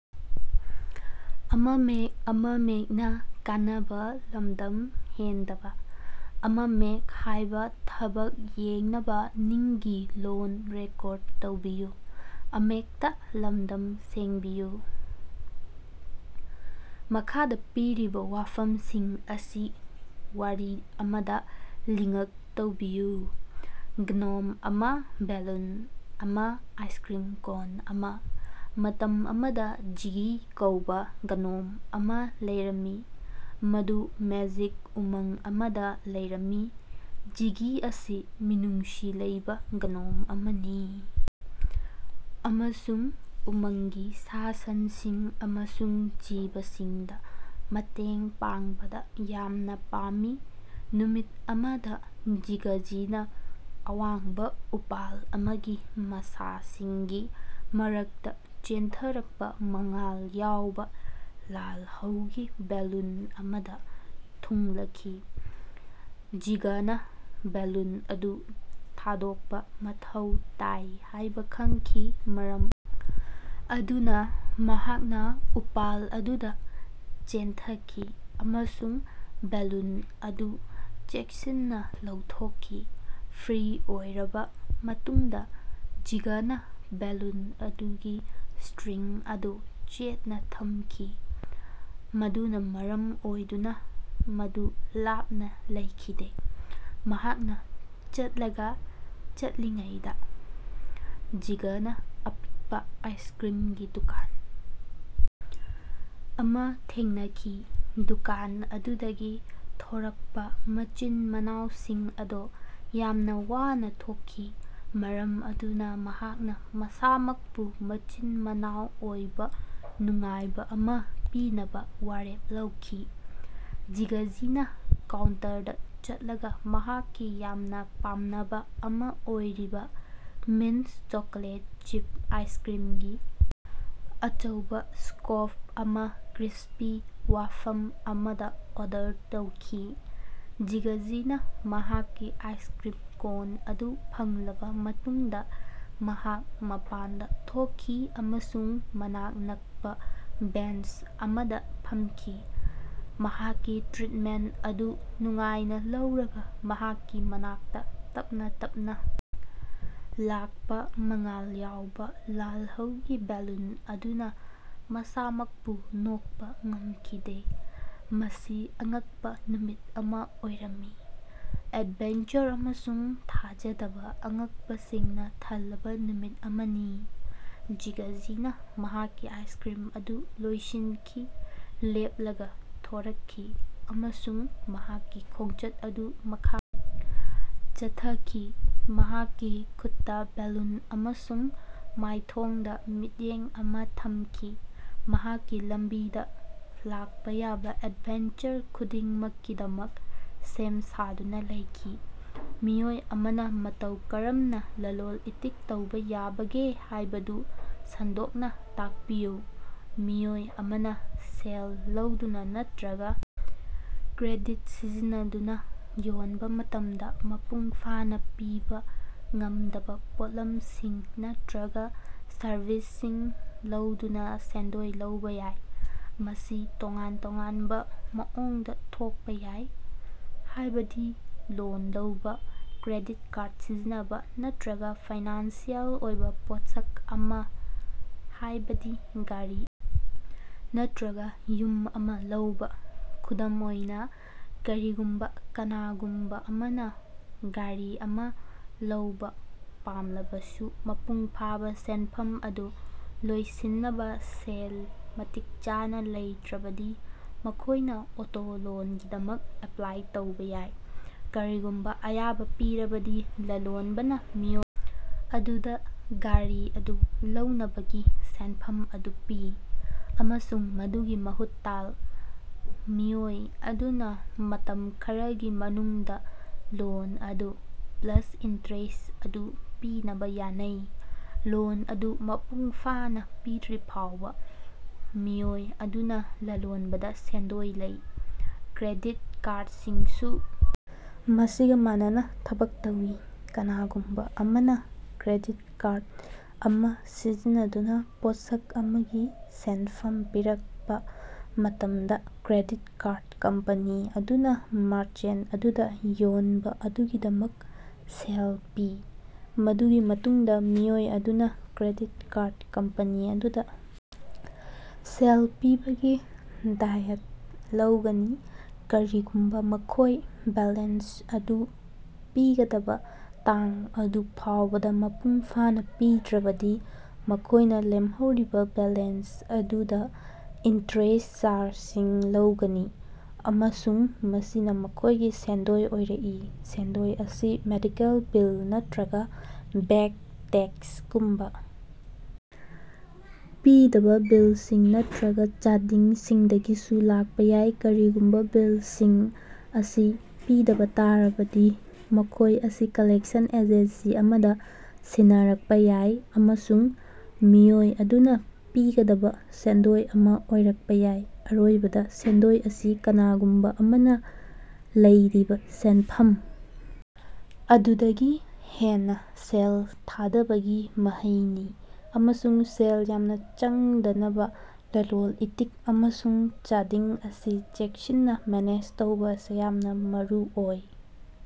ꯃꯈꯥꯗ ꯄꯤꯔꯤꯕ ꯋꯥꯐꯝꯁꯤꯡ ꯑꯁꯤ ꯋꯥꯔꯤ ꯑꯃꯗ ꯂꯤꯉꯛ ꯇꯧꯕꯤꯌꯨ꯫ ꯒ꯭ꯅꯣꯝ ꯑꯃꯥ, ꯕꯦꯂꯨꯟ ꯑꯃ, ꯑꯥꯏꯁꯀ꯭ꯔꯤꯝ ꯀꯣꯟ ꯑꯃ꯫ ꯃꯇꯝ ꯑꯃꯗ ꯖꯤꯒꯤ ꯀꯧꯕꯥ ꯒ꯭ꯅꯣꯝ ꯑꯃ ꯂꯩꯔꯝꯃꯤ, ꯃꯗꯨ ꯃꯦꯖꯤꯛ ꯎꯃꯪ ꯑꯃꯗꯥ ꯂꯩꯔꯝꯃꯤ꯫ ꯖꯤꯒꯤ ꯑꯁꯤ ꯃꯤꯅꯨꯡꯁꯤ ꯂꯩꯕꯥ ꯒ꯭ꯅꯣꯝ ꯑꯃꯅꯤ ꯑꯃꯁꯨꯡ ꯎꯃꯪꯒꯤ ꯁꯥ-ꯁꯟꯁꯤꯡ ꯑꯃꯁꯨꯡ ꯖꯤꯕꯁꯤꯡꯗꯥ ꯃꯇꯦꯡ ꯄꯥꯡꯕꯗꯥ ꯌꯥꯝꯅ ꯄꯥꯝꯃꯤ꯫ ꯅꯨꯃꯤꯠ ꯑꯃꯗꯥ ꯖꯤꯒꯖꯤꯅꯥ ꯑꯋꯥꯡꯕꯥ ꯎꯄꯥꯜ ꯑꯃꯒꯤ ꯃꯁꯥꯁꯤꯡꯒꯤ ꯃꯔꯛꯇꯥ ꯆꯦꯟꯊꯔꯛꯄꯥ ꯃꯉꯥꯜ ꯌꯥꯎꯕ ꯂꯥꯜꯍꯧꯒꯤ ꯕꯦꯂꯨꯟ ꯑꯃꯗꯥ ꯊꯨꯡꯂꯈꯤ꯫ ꯖꯤꯒꯅꯥ ꯕꯦꯂꯨꯟ ꯑꯗꯨ ꯊꯥꯗꯣꯛꯄ ꯃꯊꯧ ꯇꯥꯏ ꯍꯥꯏꯕ ꯈꯪꯈꯤ, ꯃꯔꯝ ꯑꯗꯨꯅ ꯃꯍꯥꯛꯅ ꯎꯄꯥꯜ ꯑꯗꯨꯗ ꯆꯦꯟꯊꯈꯤ ꯑꯃꯁꯨꯡ ꯕꯦꯂꯨꯟ ꯑꯗꯨ ꯆꯦꯛꯁꯤꯟꯅꯥ ꯂꯧꯊꯣꯛꯈꯤ꯫ ꯐ꯭ꯔꯤ ꯑꯣꯏꯔꯕꯥ ꯃꯇꯨꯡꯗ ꯖꯤꯒꯅꯥ ꯕꯦꯂꯨꯟ ꯑꯗꯨꯒꯤ ꯁ꯭ꯇꯔꯤꯡ ꯑꯗꯨ ꯆꯦꯠꯅ ꯊꯝꯈꯤ, ꯃꯗꯨꯅ ꯃꯔꯝ ꯑꯣꯏꯗꯨꯅ ꯃꯗꯨ ꯂꯥꯞꯅ ꯂꯩꯈꯤꯗꯦ꯫ ꯃꯍꯥꯛꯅ ꯆꯠꯂꯒꯥ ꯆꯠꯂꯤꯉꯩꯗꯥ ꯖꯤꯒꯅꯥ ꯑꯄꯤꯛꯄꯥ ꯑꯥꯏꯁꯀ꯭ꯔꯤꯝꯒꯤ ꯗꯨꯀꯥꯟ ꯑꯃ ꯊꯦꯡꯅꯈꯤ꯫ ꯗꯨꯀꯥꯟ ꯑꯗꯨꯗꯒꯤ ꯊꯣꯔꯛꯄꯥ ꯃꯆꯤꯟ-ꯃꯅꯥꯎꯁꯤꯡ ꯑꯗꯨ ꯌꯥꯝꯅ ꯋꯥꯅꯥ ꯊꯣꯛꯈꯤ, ꯃꯔꯝ ꯑꯗꯨꯅ ꯃꯍꯥꯛꯅ ꯃꯁꯥꯃꯛꯄꯨ ꯃꯆꯤꯟ-ꯃꯅꯥꯎ ꯑꯣꯏꯕ ꯅꯨꯡꯉꯥꯏꯕ ꯑꯃꯥ ꯄꯤꯅꯕ ꯋꯥꯔꯦꯞ ꯂꯧꯈꯤ꯫ ꯖꯤꯒꯖꯤꯅꯥ ꯀꯥꯎꯟꯇꯔꯗꯥ ꯆꯠꯂꯒ ꯃꯍꯥꯛꯀꯤ ꯌꯥꯝꯅꯥ ꯄꯥꯝꯅꯕꯥ ꯑꯃꯥ ꯑꯣꯏꯔꯤꯕꯥ ꯃꯤꯟꯇ ꯆꯣꯀꯣꯂꯦꯠ ꯆꯤꯞ ꯑꯥꯏꯁꯀ꯭ꯔꯤꯝꯒꯤ ꯑꯆꯧꯕ ꯁ꯭ꯀꯣꯞ ꯑꯃ ꯀ꯭ꯔꯤꯁ꯭ꯄꯤ ꯋꯥꯐꯝ ꯑꯃꯗ ꯑꯣꯔꯗꯔ ꯇꯧꯈꯤ꯫ ꯖꯤꯒꯖꯤꯅꯥ ꯃꯍꯥꯛꯀꯤ ꯑꯥꯏꯁꯀ꯭ꯔꯤꯝ ꯀꯣꯟ ꯑꯗꯨ ꯐꯪꯂꯕꯥ ꯃꯇꯨꯡꯗꯥ ꯃꯍꯥꯛ ꯃꯄꯥꯟꯗꯥ ꯊꯣꯛꯈꯤ ꯑꯃꯁꯨꯡ ꯃꯅꯥꯛ ꯅꯛꯄꯥ ꯕꯦꯟꯆ ꯑꯃꯗꯥ ꯐꯝꯈꯤ꯫ ꯃꯍꯥꯛꯀꯤ ꯇ꯭ꯔꯤꯠꯃꯦꯟꯠ ꯑꯗꯨ ꯅꯨꯡꯉꯥꯏꯅꯥ ꯂꯧꯔꯒꯥ, ꯃꯍꯥꯛꯀꯤ ꯃꯅꯥꯛꯇ ꯇꯞꯅꯥ ꯇꯞꯅꯥ ꯂꯥꯛꯄꯥ ꯃꯉꯥꯜ ꯌꯥꯎꯕ ꯂꯥꯜꯍꯧꯒꯤ ꯕꯦꯂꯨꯟ ꯑꯗꯨꯅꯥ ꯃꯁꯥꯃꯛꯄꯨ ꯅꯣꯛꯄꯥ ꯉꯝꯈꯤꯗꯦ꯫ ꯃꯁꯤ ꯑꯉꯛꯄꯥ ꯅꯨꯃꯤꯠ ꯑꯃꯥ ꯑꯣꯏꯔꯝꯃꯤ, ꯑꯦꯗꯚꯦꯟꯆꯔ ꯑꯃꯁꯨꯡ ꯊꯥꯖꯗꯕ ꯑꯉꯛꯄꯁꯤꯡꯅ ꯊꯜꯂꯕꯥ ꯅꯨꯃꯤꯠ ꯑꯃꯅꯤ꯫ ꯖꯤꯒꯖꯤꯅꯥ ꯃꯍꯥꯛꯀꯤ ꯑꯥꯏꯁꯀ꯭ꯔꯤꯝ ꯑꯗꯨ ꯂꯣꯏꯁꯤꯟꯈꯤ, ꯂꯦꯞꯂꯒꯥ ꯊꯣꯔꯛꯈꯤ ꯑꯃꯁꯨꯡ ꯃꯍꯥꯛꯀꯤ ꯈꯣꯡꯆꯠ ꯑꯗꯨ ꯃꯈꯥ ꯆꯠꯊꯈꯤ, ꯃꯍꯥꯛꯀꯤ ꯈꯨꯠꯇꯥ ꯕꯦꯂꯨꯟ ꯑꯃꯁꯨꯡ ꯃꯥꯏꯊꯣꯡꯗꯥ ꯃꯤꯠꯌꯦꯡ ꯑꯃꯥ ꯊꯝꯈꯤ, ꯃꯍꯥꯛꯀꯤ ꯂꯝꯕꯤꯗꯥ ꯂꯥꯛꯄꯥ ꯌꯥꯕꯥ ꯑꯦꯗꯚꯦꯟꯆꯔ ꯈꯨꯗꯤꯡꯃꯛꯀꯤꯗꯃꯛ ꯁꯦꯝ ꯁꯥꯗꯨꯅ ꯂꯩꯈꯤ꯫ ꯃꯤꯑꯣꯏ ꯑꯃꯅꯥ ꯃꯇꯧ ꯀꯔꯝꯅ ꯂꯥꯂꯣꯟ-ꯏꯇꯤꯛ ꯇꯧꯕꯥ ꯌꯥꯕꯒꯦ ꯍꯥꯏꯕꯗꯨ ꯁꯟꯗꯣꯛꯅꯥ ꯇꯥꯛꯄꯤꯌꯨ꯫ ꯃꯤꯑꯣꯏ ꯑꯃꯅꯥ ꯁꯦꯜ ꯂꯧꯗꯨꯅꯥ ꯅꯠꯇꯔꯒꯥ ꯀ꯭ꯔꯦꯗꯤꯠ ꯁꯤꯖꯤꯟꯅꯗꯨꯅ ꯌꯣꯟꯕ ꯃꯇꯝꯗ ꯃꯄꯨꯡ ꯐꯥꯅꯥ ꯄꯤꯕꯥ ꯉꯝꯗꯕꯥ ꯄꯣꯠꯂꯝꯁꯤꯡ ꯅꯠꯇꯔꯒ ꯁꯥꯔꯚꯤꯁꯁꯤꯡ ꯂꯧꯗꯨꯅ ꯁꯦꯟꯗꯣꯏ ꯂꯧꯕꯥ ꯌꯥꯏ꯫ ꯃꯁꯤ ꯇꯣꯉꯥꯟ-ꯇꯣꯉꯥꯟꯕ ꯃꯑꯣꯡꯗ ꯊꯣꯛꯄ ꯌꯥꯏ, ꯍꯥꯏꯕꯗꯤ ꯂꯣꯟ ꯂꯧꯕ, ꯀ꯭ꯔꯦꯗꯤꯠ ꯀꯥꯔ꯭ꯗ ꯁꯤꯖꯤꯟꯅꯕ, ꯅꯠꯇꯔꯒ ꯐꯥꯏꯅꯥꯟꯁꯤꯑꯦꯜ ꯑꯣꯏꯕ ꯄꯣꯠꯁꯛ ꯑꯃꯥ ꯍꯥꯏꯕꯗꯤ ꯒꯥꯔꯤ ꯅꯠꯇꯔꯒꯥ ꯌꯨꯝ ꯑꯃ ꯂꯧꯕ꯫ ꯈꯨꯗꯝ ꯑꯣꯏꯅꯥ, ꯀꯔꯤꯒꯨꯝꯕ ꯀꯅꯥꯒꯨꯝꯕ ꯑꯃꯅ ꯒꯥꯔꯤ ꯑꯃꯥ ꯂꯧꯕꯥ ꯄꯥꯝꯂꯕꯁꯨ ꯃꯄꯨꯡ ꯐꯥꯕ ꯁꯦꯟꯐꯝ ꯑꯗꯨ ꯂꯣꯏꯁꯤꯟꯅꯕ ꯁꯦꯜ ꯃꯇꯤꯛ ꯆꯥꯅ ꯂꯩꯇ꯭ꯔꯕꯗꯤ ꯃꯈꯣꯏꯅꯥ ꯑꯣꯇꯣ ꯂꯣꯟꯒꯤꯗꯃꯛ ꯑꯦꯄ꯭ꯂꯥꯏ ꯇꯧꯕꯥ ꯌꯥꯏ꯫ ꯀꯔꯤꯒꯨꯝꯕꯥ ꯑꯌꯥꯕꯥ ꯄꯤꯔꯕꯗꯤ, ꯂꯥꯂꯣꯟꯕꯅꯥ ꯃꯤꯑꯣꯏ ꯑꯗꯨꯗꯥ ꯒꯥꯔꯤ ꯑꯗꯨ ꯂꯧꯅꯕꯒꯤ ꯁꯦꯟꯐꯝ ꯑꯗꯨ ꯄꯤ, ꯑꯃꯁꯨꯡ ꯃꯗꯨꯒꯤ ꯃꯍꯨꯠꯇꯥꯜ, ꯃꯤꯑꯣꯏ ꯑꯗꯨꯅ ꯃꯇꯝ ꯈꯔꯒꯤ ꯃꯅꯨꯡꯗꯥ ꯂꯣꯟ ꯑꯗꯨ ꯄ꯭ꯂꯥꯁ ꯏꯟꯇ꯭ꯔꯦꯁ ꯑꯗꯨ ꯄꯤꯅꯕ ꯌꯥꯅꯩ꯫ ꯂꯣꯟ ꯑꯗꯨ ꯃꯄꯨꯡꯐꯥꯅ ꯄꯤꯗ꯭ꯔꯤꯐꯥꯎꯕ, ꯃꯤꯑꯣꯏ ꯑꯗꯨꯅꯥ ꯂꯥꯂꯣꯟꯕꯗ ꯁꯦꯟꯗꯣꯏ ꯂꯩ꯫ ꯀ꯭ꯔꯦꯗꯤꯠ ꯀꯥꯔ꯭ꯗꯁꯤꯡꯁꯨ ꯃꯁꯤꯒꯥ ꯃꯥꯟꯅꯅꯥ ꯊꯕꯛ ꯇꯧꯏ꯫ ꯀꯅꯥꯒꯨꯝꯕꯥ ꯑꯃꯅꯥ ꯀ꯭ꯔꯦꯗꯤꯠ ꯀꯥꯔ꯭ꯗ ꯑꯃꯥ ꯁꯤꯖꯤꯟꯅꯗꯨꯅꯥ ꯄꯣꯠꯁꯛ ꯑꯃꯒꯤ ꯁꯦꯟꯐꯝ ꯄꯤꯔꯛꯄꯥ ꯃꯇꯝꯗ ꯀ꯭ꯔꯦꯗꯤꯠ ꯀꯥꯔ꯭ꯗ ꯀꯝꯄꯥꯅꯤ ꯑꯗꯨꯅꯥ ꯃꯥꯔꯆꯦꯟꯠ ꯑꯗꯨꯗ ꯌꯣꯟꯕꯥ ꯑꯗꯨꯒꯤꯗꯃꯛ ꯁꯦꯜ ꯄꯤ꯫ ꯃꯗꯨꯒꯤ ꯃꯇꯨꯡꯗꯥ ꯃꯤꯑꯣꯏ ꯑꯗꯨꯅꯥ ꯀ꯭ꯔꯦꯗꯤꯠ ꯀꯥꯔ꯭ꯗ ꯀꯝꯄꯥꯅꯤ ꯑꯗꯨꯗ ꯁꯦꯜ ꯄꯤꯕꯒꯤ ꯗꯥꯌꯠ ꯂꯧꯒꯅꯤ꯫ ꯀꯔꯤꯒꯨꯝꯕ ꯃꯈꯣꯌ ꯕꯦꯂꯦꯟꯁ ꯑꯗꯨ ꯄꯤꯒꯗꯕ ꯇꯥꯡ ꯑꯗꯨ ꯐꯥꯎꯕꯗ ꯃꯄꯨꯡꯐꯥꯅꯥ ꯄꯤꯗ꯭ꯔꯕꯗꯤ, ꯃꯈꯣꯏꯅ ꯂꯦꯝꯍꯧꯔꯤꯕꯥ ꯕꯦꯂꯦꯟꯁ ꯑꯗꯨꯗ ꯏꯟꯇ꯭ꯔꯦꯁ ꯆꯥꯔꯖꯁꯤꯡ ꯂꯧꯒꯅꯤ, ꯑꯃꯁꯨꯡ ꯃꯁꯤꯅꯥ ꯃꯈꯣꯏꯒꯤ ꯁꯦꯟꯗꯣꯏ ꯑꯣꯏꯔꯛꯏ꯫ ꯁꯦꯟꯗꯣꯏ ꯑꯁꯤ ꯃꯦꯗꯤꯀꯦꯜ ꯕꯤꯜ ꯅꯠꯇꯔꯒ ꯕꯦꯛ ꯇꯦꯛꯁꯒꯨꯝꯕ ꯄꯤꯗꯕ ꯕꯤꯜꯁꯤꯡ ꯅꯠꯇꯔꯒ ꯆꯥꯗꯤꯡꯁꯤꯡꯗꯒꯤꯁꯨ ꯂꯥꯛꯄ ꯌꯥꯏ꯫ ꯀꯔꯤꯒꯨꯝꯕ ꯕꯤꯜꯁꯤꯡ ꯑꯁꯤ ꯄꯤꯗꯕꯥ ꯇꯥꯔꯕꯗꯤ, ꯃꯈꯣꯏ ꯑꯁꯤ ꯀꯥꯂꯦꯛꯁꯟ ꯑꯦꯖꯦꯟꯁꯤ ꯑꯃꯗ ꯁꯤꯟꯅꯔꯛꯄꯥ ꯌꯥꯏ ꯑꯃꯁꯨꯡ ꯃꯤꯑꯣꯏ ꯑꯗꯨꯅꯥ ꯄꯤꯒꯗꯕ ꯁꯦꯟꯗꯣꯏ ꯑꯃꯥ ꯑꯣꯏꯔꯛꯄꯥ ꯌꯥꯏ꯫ ꯑꯔꯣꯏꯕꯗ, ꯁꯦꯟꯗꯣꯏ ꯑꯁꯤ ꯀꯅꯥꯒꯨꯝꯕ ꯑꯃꯅ ꯂꯩꯔꯤꯕ ꯁꯦꯟꯐꯝ ꯑꯗꯨꯗꯒꯤ ꯍꯦꯟꯅꯥ ꯁꯦꯜ ꯊꯥꯗꯕꯒꯤ ꯃꯍꯩꯅꯤ, ꯑꯃꯁꯨꯡ ꯁꯦꯜ ꯌꯥꯝꯅ ꯆꯪꯗꯅꯕꯥ ꯂꯥꯂꯣꯟ-ꯏꯇꯤꯛ ꯑꯃꯁꯨꯡ ꯆꯥꯗꯤꯡ ꯑꯁꯤ ꯆꯦꯛꯁꯤꯟꯅ ꯃꯦꯅꯦꯖ ꯇꯧꯕ ꯑꯁꯤ ꯌꯥꯝꯅ ꯃꯔꯨꯑꯣꯏ꯫